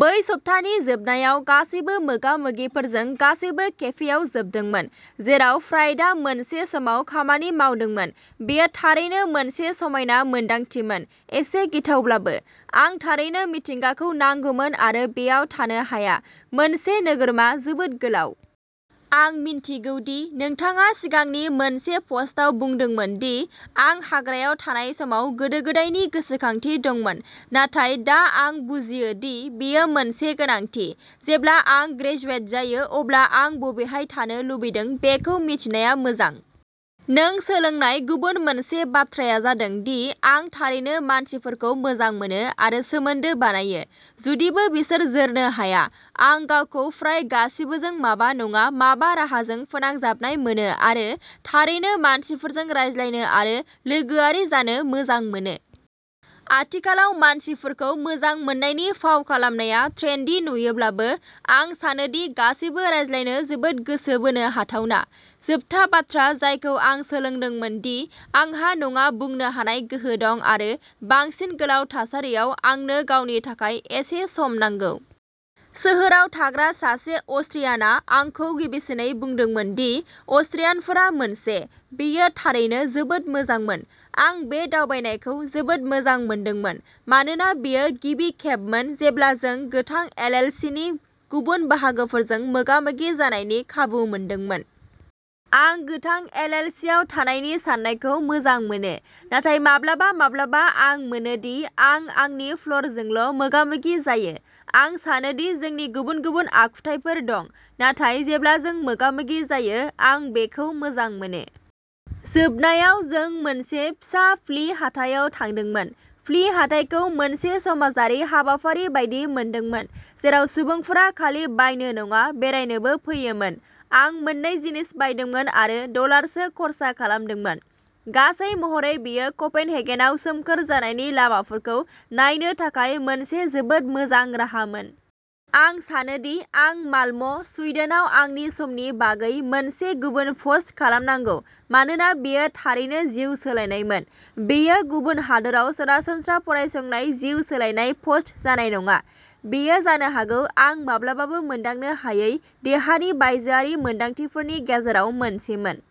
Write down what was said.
बै सप्तानि जोबनायाव गासैबो मोगा-मोगिफोरजों गासैबो केफेआव जोबदोंमोन, जेराव फ्रायडआ मोनसे समाव खामानि मावदोंमोन। बेयो थारैनो मोनसे समायना मोनदांथिमोन, एसे गिथावब्लाबो। आं थारैनो मिथिंगाखौ नांगौमोन आरो बेयाव थानो हाया। मोनसे नोगोरमा जोबोद गोलाव। आं मिन्थिगौ दि नोंथाङा सिगांनि मोनसे पस्टआव बुंदोंमोन दि आं हाग्रायाव थानाय समाव गोदो गोदायनि गोसोखांथि दंमोन, नाथाय दा आं बुजियो दि बेयो मोनसे गोनांथि। जेब्ला आं ग्रेजुवेट जायो अब्ला आं बबेहाय थानो लुबैदों बेखौ मिथिनाया मोजां। नों सोलोंनाय गुबुन मोनसे बाथ्राया जादों दि आं थारैनो मानसिफोरखौ मोजां मोनो आरो सोमोन्दो बानायो, जुदिबो बिसोर जोरनो हाया। आं गावखौ फ्राय गासिबोजों माबा नङा माबा राहाजों फोनांजाबनाय मोनो आरो थारैनो मानसिफोरजों रायज्लायनो आरो लोगोआरि जानो मोजां मोनो। आथिखालाव मानसिफोरखौ मोजां मोन्नायनि फाव खालामनाया ट्रेन्डी नुयोब्लाबो, आं सानो दि गासैबो रायज्लायनो जोबोद गोसो बोनो हाथावना। जोबथा बाथ्रा जायखौ आं सोलोंदोंमोन दि आंहा नङा बुंनो हानाय गोहो दं आरो बांसिन गोलाव थासारियाव आंनो गावनि थाखाय एसे सम नांगौ। सोहोराव थाग्रा सासे अस्ट्रियानआ आंखौ गिबिसिनै बुंदोंमोन दि अस्ट्रियानफोरा मोनसे। बेयो थारैनो जोबोद मोजांमोन। आं बे दावबायनायखौ जोबोद मोजां मोनदोंमोन मानोना बेयो गिबि खेबमोन जेब्ला जों गोथां एल. एल. सि. नि गुबुन बाहागोफोरजों मोगामोगि जानायनि खाबु मोनदोंमोन। आं गोथां एल. एल. सि. आव थानायनि साननायखौ मोजां मोनो, नाथाय माब्लाबा माब्लाबा आं मोनो दि आं आंनि फ्ल'रजोंल'मोगामोगि जायो। आं सानोदि जोंनि गुबुन-गुबुन आखुथायफोर दं, नाथाय जेब्ला जों मोगामोगि जायो, आं बेखौ मोजां मोनो। जोबनायाव, जों मोनसे फिसा फ्लि हाथायाव थांदोंमोन। फ्लि हाथायखौ मोनसे समाजारि हाबाफारि बायदि मोनदोंमोन जेराव सुबुंफोरा खालि बायनो नङा, बेरायनोबो फैयोमोन। आं मोननै जिनिस बायदोंमोन आरो डलारसो खर्सा खालामदोंमोन। गासै महरै बेयो क'पेनहेगेनआव सोमखोर जानायनि लामाफोरखौ नायनो थाखाय मोनसे जोबोद मोजां राहामोन। आं सानोदि आं माल्म', सुइडेनआव आंनि समनि बागै मोनसे गुबुन पस्ट खालामनांगौ मानोना बेयो थारैनो जिउ सोलायनायमोन। बेयो गुबुन हादोराव सरासनस्रा फरायसंनाय जिउ सोलायनाय पस्ट जानाय नङा। बेयो जानो हागौ आं माब्लाबाबो मोनदांनो हायै देहानि बायजोआरि मोनदांथिफोरनि गेजेराव मोनसेमोन।